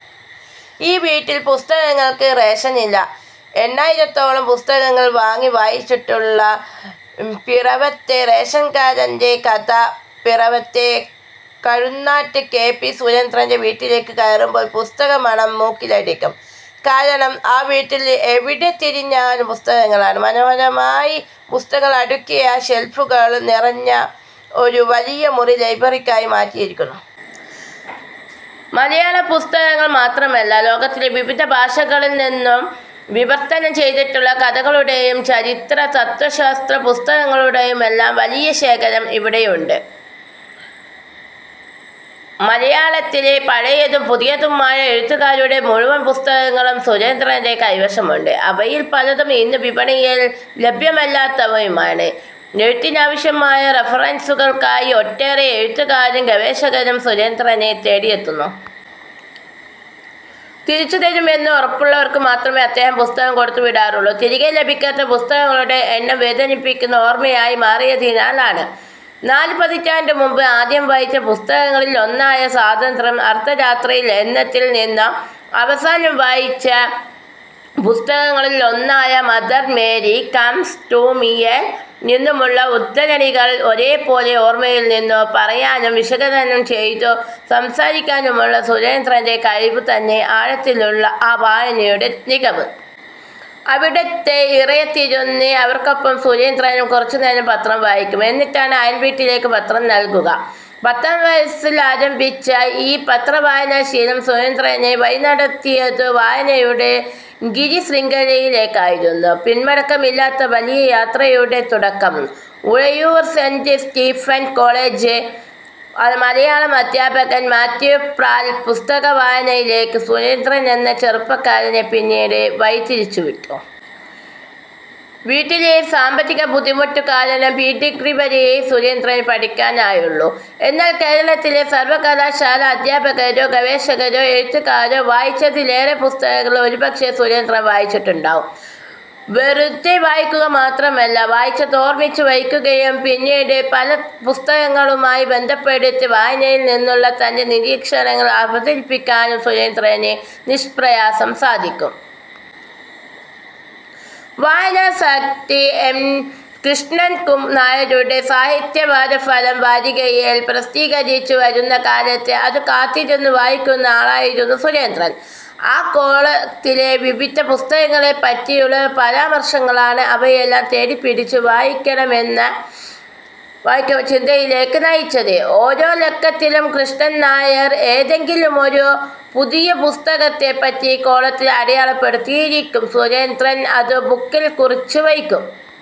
ഈ വീട്ടിൽ പുസ്തകങ്ങൾക്ക് റേഷനില്ല! എണ്ണായിരത്തോളം പുസ്തകങ്ങൾ വാങ്ങി വായിച്ചിട്ടുള്ള പിറവത്തെ റേഷൻകടക്കാരന്റെ കഥ പിറവത്തെ കഴുന്നാട്ട് കെ. പി. സുരേന്ദ്രന്റെ വീട്ടിലേക്കു കയറുമ്പോൾ പുസ്തകമണം മൂക്കിലടിക്കും. കാരണം ആ വീട്ടിൽ എവിടെത്തിരിഞ്ഞാലും പുസ്തകങ്ങളാണ്. മനോഹരമായി പുസ്തകങ്ങളടുക്കിയ ഷെൽഫുകൾ നിറഞ്ഞ ഒരു വലിയ മുറി ലൈബ്രറിയാക്കി മാറ്റിയിരിക്കുന്നു. മലയാള പുസ്തകങ്ങൾ മാത്രമല്ല, ലോകത്തിലെ വിവിധ ഭാഷകളിൽ നിന്നു വിവർത്തനം ചെയ്തിട്ടുള്ള കഥകളുടെയും ചരിത്ര, തത്വശാസ്ത്ര പുസ്തകങ്ങളുടെയുമെല്ലാം വലിയ ശേഖരം ഇവിടെയുണ്ട്. മലയാളത്തിലെ പഴയതും പുതിയതുമായ എഴുത്തുകാരുടെ മുഴുവൻ പുസ്തകങ്ങളും സുരേന്ദ്രന്റെ കൈവശമുണ്ട്. അവയിൽ പലതും ഇന്നു വിപണിയിൽ ലഭ്യമല്ലാത്തവയുമാണ്. എഴുത്തിനാവശ്യമായ റഫറൻസുകൾക്കായി ഒട്ടേറെ എഴുത്തുകാരും ഗവേഷകരും സുരേന്ദ്രനെ തേടിയെത്തുന്നു. തിരിച്ചുതരുമെന്നുറപ്പുള്ളവർക്കു മാത്രമേ അദ്ദേഹം പുസ്തകം കൊടുത്തുവിടാറുള്ളൂ. തിരികെ ലഭിക്കാത്ത പുസ്തകങ്ങളുടെ എണ്ണം വേദനിപ്പിക്കുന്ന ഓർമയായി മാറിയതിനാലാണത്. നാലു പതിറ്റാണ്ടു മുൻപ് ആദ്യം വായിച്ച പുസ്തകങ്ങളിലൊന്നായ സ്വാതന്ത്ര്യം അർധരാത്രിയിൽ എന്നതിൽ നിന്നും അവസാനം വായിച്ച പുസ്തകങ്ങളിലൊന്നായ മദർ മേരി കംസ് ടു മീയിൽ നിന്നുമുള്ള ഉദ്ധരണികൾ ഒരേപോലെ ഓർമയിൽ നിന്നു പറയാനും വിശകലനം ചെയ്തു സംസാരിക്കാനുമുള്ള സുരേന്ദ്രന്റെ കഴിവു തന്നെ ആഴത്തിലുള്ള ആ വായനയുടെ തികവ്. അവിടുത്തെ ഇറയത്തിരുന്ന് അവർക്കൊപ്പം സുരേന്ദ്രനും കുറച്ചുനേരം പത്രം വായിക്കും. എന്നിട്ടാണ് അയൽവീട്ടിലേക്കു പത്രം നൽകുക. പത്താം വയസ്സിലാരംഭിച്ച ഈ പത്രവായനാ ശീലം സുരേന്ദ്രനെ വഴിനടത്തിയതു വായനയുടെ ഗിരിശൃംഗങ്ങളിലേക്കായിരുന്നു, പിൻമടക്കമില്ലാത്ത വലിയ യാത്രയുടെ തുടക്കം. ഉഴവൂർ സെന്റ് സ്റ്റീഫൻസ് കോളജിലെ മലയാളം അധ്യാപകൻ മാത്യു പ്രാൽ പുസ്തകവായനയിലേക്ക് സുരേന്ദ്രനെന്ന ചെറുപ്പക്കാരനെ പിന്നീടു വഴിതിരിച്ചുവിട്ടു. വീട്ടിലെ സാമ്പത്തികബുദ്ധിമുട്ടു കാരണം പ്രീഡിഗ്രി വരെയേ സുരേന്ദ്രനു പഠിക്കാനായുള്ളൂ. എന്നാൽ കേരളത്തിലെ സർവകലാശാലാ അധ്യാപകരോ ഗവേഷകരോ എഴുത്തുകാരോ വായിച്ചതിലേറെ പുസ്തകങ്ങൾ ഒരുപക്ഷേ, സുരേന്ദ്രൻ വായിച്ചിട്ടുണ്ടാകും. വെറുതേ വായിക്കുക മാത്രമല്ല, വായിച്ചതോർമിച്ചു വയ്ക്കുകയും പിന്നീടു പല പുസ്തകങ്ങളുമായി ബന്ധപ്പെടുത്തി വായനയിൽ നിന്നുള്ള തന്റെ നിരീക്ഷണങ്ങൾ അവതരിപ്പിക്കാനും സുരേന്ദ്രന് നിഷ്പ്രയാസം സാധിക്കും. വായനാസക്തി എം. കൃഷ്ണൻനായരുടെ സാഹിത്യവാരഫലം വാരികയിൽ പ്രസിദ്ധീകരിച്ചു വരുന്നകാലത്ത് അതു കാത്തിരുന്നു വായിക്കുന്നയാളായിരുന്നു സുരേന്ദ്രൻ. ആ കോളത്തിലെ വിവിധ പുസ്തകങ്ങളെപ്പറ്റിയുള്ള പരാമർശങ്ങളാണ് അവയെല്ലാം തേടിപ്പിടിച്ചു വായിക്കണമെന്ന ചിന്തയിലേക്ക് നയിച്ചത്. ഓരോ ലക്കത്തിലും കൃഷ്ണൻനായർ ഏതെങ്കിലുമൊരു പുതിയ പുസ്തകത്തെ തന്റെ കോളത്തിൽ അടയാളപ്പെടുത്തിയിരിക്കും. സുരേന്ദ്രൻ അതു ബുക്കിൽ കുറിച്ചു വയ്ക്കും.